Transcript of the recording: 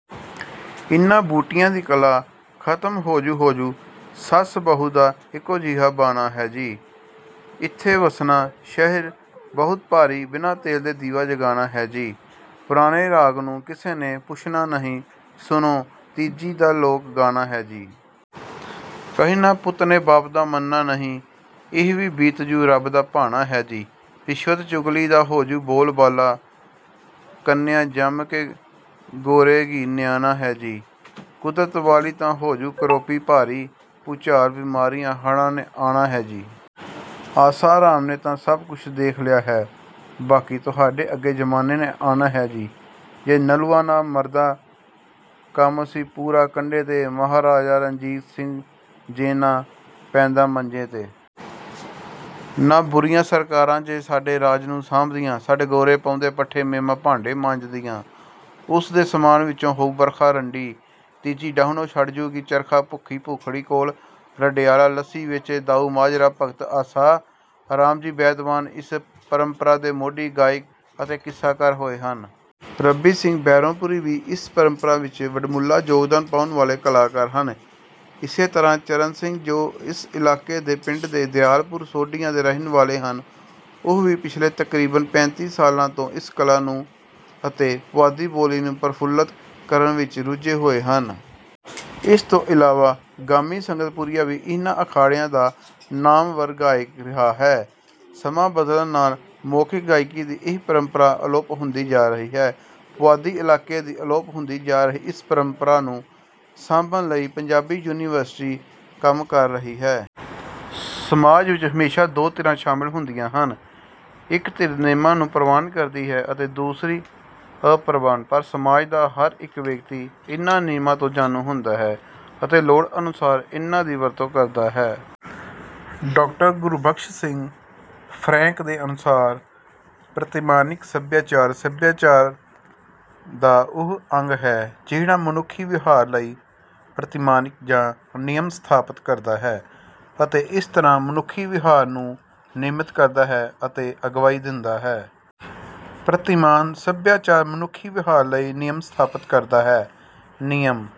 ਇਨ੍ਹਾਂ ਬੂਟੀਆਂ ਦੀ ਕਲਾ ਖਤਮ ਹੋਜੂ ਹੋਜੂ ਸੱਸ ਬਹੂ ਦਾ ਇੱਕੋ ਜਿਹਾ ਬਾਣਾ ਹੈ ਜੀ। ਇੱਥੇ ਵਸਣਾ ਸ਼ਹਿਰ ਬਹੁਤ ਭਾਰੀ ਬਿਨਾਂ ਤੇਲ ਤੇ ਦੀਵਾ ਜਗਾਣਾ ਹੈ ਜੀ। ਪੁਰਾਣੇ ਰਾਗ ਨੂੰ ਕਿਸੇ ਨੇ ਪੁੱਛਣਾ ਨਹੀਂ ਸੁਣੋ ਤੀਜੀ ਦਾ ਲੋਕ ਗਾਣਾ ਹੈ ਜੀ। ਕਹਿਣਾ ਪੁੱਤ ਨੇ ਬਾਪ ਦਾ ਮੰਨਣਾ ਨਹੀਂ ਇਹ ਵੀ ਬੀਤ ਜੂ ਰੱਬ ਦਾ ਭਾਣਾ ਹੈ ਜੀ। ਰਿਸ਼ਵਤ ਚੁਗਲੀ ਦਾ ਹੋਜੂ ਬੋਲ ਬਾਲਾ ਕੰਨਿਆ ਜੰਮ ਕੇ ਗੇਰੋ ਗੀ ਨਿਆਣਾ ਹੈ ਜੀ। ਕੁਦਰਤ ਵਾਲੀ ਤਾਂ ਹੋਜੂ ਕਰੋਪੀ ਭਾਰੀ ਭੁਚਾਲ ਬਿਮਾਰੀਆਂ ਹੜਾਂ ਨੇ ਆਣਾ ਹੈ ਜੀ। ਆਸਾ ਰਾਮ ਨੇ ਤਾਂ ਸਭ ਕੁਝ ਦੇਖ ਲਿਆ ਹੈ ਬਾਕੀ ਤੁਹਾਡੇ ਅੱਗੇ ਜਮਾਨੇ ਨੇ ਆਣਾ ਹੈ ਜੀ। ਜੇ ਨਲੂਆ ਨਾ ਮਰਦਾ ਕੰਮ ਸੀ ਪੂਰਾ ਕੰਢੇ ਤੇ। ਮਹਾਰਾਜਾ ਰਣਜੀਤ ਸਿੰਘ ਜੇ ਨਾ ਪੈਂਦਾ ਮੰਜੇ ਤੇ। ਨਾ ਬੁਰੀਆਂ ਸਰਕਾਰਾਂ ਜੇ ਸਾਡੇ ਰਾਜ ਨੂੰ ਸਾਂਭਦੀਆਂ। ਸਾਡੇ ਗੋਰੇ ਪਾਉਂਦੇ ਪੱਠੇ ਮੇਮਾਂ ਭਾਂਡੇ ਮਾਂਜਦੀਆਂ। ਉਸ ਦੇ ਸਮਾਨ ਵਿੱਚੋਂ ਹੋਊ ਬਰਖਾ ਰੰਡੀ ਤੀਜੀ ਡਾਹੁਣੋਂ ਛੱਡ ਜੂ ਗੀ ਚਰਖਾ ਭੁੱਖੀ ਭੁਖੜੀ ਕੋਲ ਰਡਿਆਲਾ ਲੱਸੀ ਵੇਚੇ ਦਾਊ ਮਾਜਰਾ ਭਗਤ ਆਸਾ ਰਾਮ ਜੀ ਬੈਦਵਾਣ ਇਸ ਪਰੰਪਰਾ ਦੇ ਮੋਢੀ ਗਾਇਕ ਅਤੇ ਕਿੱਸਾਕਾਰ ਹੋਏ ਹਨ। ਰੱਬੀ ਸਿੰਘ ਬੈਂਰੋਂਪੁਰੀ ਵੀ ਇਸ ਪਰੰਪਰਾ ਵਿੱਚ ਵਡਮੁੱਲਾ ਯੋਗਦਾਨ ਪਾਉਣ ਵਾਲੇ ਕਲਾਕਾਰ ਹਨ। ਇਸੇ ਤਰ੍ਹਾਂ ਚਰਨ ਸਿੰਘ ਜੋ ਇਸੇ ਇਲਾਕੇ ਦੇ ਪਿੰਡ ਦਿਆਲਪੁਰ ਸੋਢੀਆਂ ਦੇ ਰਹਿਣ ਵਾਲੇ ਹਨ ਉਹ ਵੀ ਪਿਛਲੇ ਤਕਰੀਬਨ ਪੈਂਤੀ ਸਾਲਾਂ ਤੋਂ ਇਸ ਕਲਾ ਨੂੰ ਅਤੇ ਪੁਆਧੀ ਬੋਲੀ ਨੂੰ ਪ੍ਰਫੁੱਲਤ ਕਰਨ ਵਿੱਚ ਰੁਝੇ ਹੋਏ ਹਨ। ਇਸ ਤੋਂ ਇਲਾਵਾ ਗਾਮੀ ਸੰਗਤਪੁਰੀਆ ਵੀ ਇਹਨਾਂ ਅਖਾੜਿਆਂ ਦਾ ਨਾਮਵਰ ਗਾਇਕ ਰਿਹਾ ਹੈ। ਸਮਾਂ ਬਦਲਣ ਨਾਲ ਮੌਖਿਕ ਗਾਇਕੀ ਦੀ ਇਹ ਪਰੰਪਰਾ ਅਲੋਪ ਹੁੰਦੀ ਜਾ ਰਹੀ ਹੈ। ਪੁਆਧੀ ਇਲਾਕੇ ਦੀ ਅਲੋਪ ਹੁੰਦੀ ਜਾ ਰਹੀ ਇਸ ਪਰੰਪਰਾ ਨੂੰ ਸਾਂਭਣ ਲਈ ਪੰਜਾਬੀ ਯੂਨੀਵਰਸਿਟੀ ਕੰਮ ਕਰ ਰਹੀ ਹੈ। ਸਮਾਜ ਵਿੱਚ ਹਮੇਸ਼ਾ ਦੋ ਧਿਰਾਂ ਸ਼ਾਮਲ ਹੁੰਦੀਆਂ ਹਨ ਇੱਕ ਧਿਰ ਨਿਯਮਾਂ ਨੂੰ ਪਰਵਾਨ ਕਰਦੀ ਹੈ ਅਤੇ ਦੂਸਰੀ ਅਪਰਵਾਨ। ਪਰ ਸਮਾਜ ਦਾ ਹਰ ਇੱਕ ਵਿਅਕਤੀ ਇਨ੍ਹਾਂ ਨਿਯਮਾਂ ਤੋਂ ਜਾਣੂ ਹੁੰਦਾ ਹੈ ਅਤੇ ਲੋੜ ਅਨੁਸਾਰ ਇਨ੍ਹਾਂ ਦੀ ਵਰਤੋਂ ਕਰਦਾ ਹੈ। ਡਾਕਟਰ ਗੁਰਬਖਸ਼ ਸਿੰਘ ਫਰੈਂਕ ਦੇ ਅਨੁਸਾਰ ਪ੍ਰਤਿਮਾਨਿਕ ਸਭਿਆਚਾਰ ਸਭਿਆਚਾਰ ਦਾ ਉਹ ਅੰਗ ਹੈ ਜਿਹੜਾ ਮਨੁੱਖੀ ਵਿਹਾਰ ਲਈ ਪ੍ਰਤਿਮਾਨਿਕ ਜਾਂ ਨਿਯਮ ਸਥਾਪਤ ਕਰਦਾ ਹੈ ਅਤੇ ਇਸ ਤਰ੍ਹਾਂ ਮਨੁੱਖੀ ਵਿਹਾਰ ਨੂੰ ਨਿਯਮਿਤ ਕਰਦਾ ਹੈ ਅਤੇ ਅਗਵਾਈ ਦਿੰਦਾ ਹੈ। ਪ੍ਰਤਿਮਾਨ ਸਭਿਆਚਾਰ ਮਨੁੱਖੀ ਵਿਹਾਰ ਲਈ ਨਿਯਮ ਸਥਾਪਤ ਕਰਦਾ ਹੈ। ਨਿਯਮ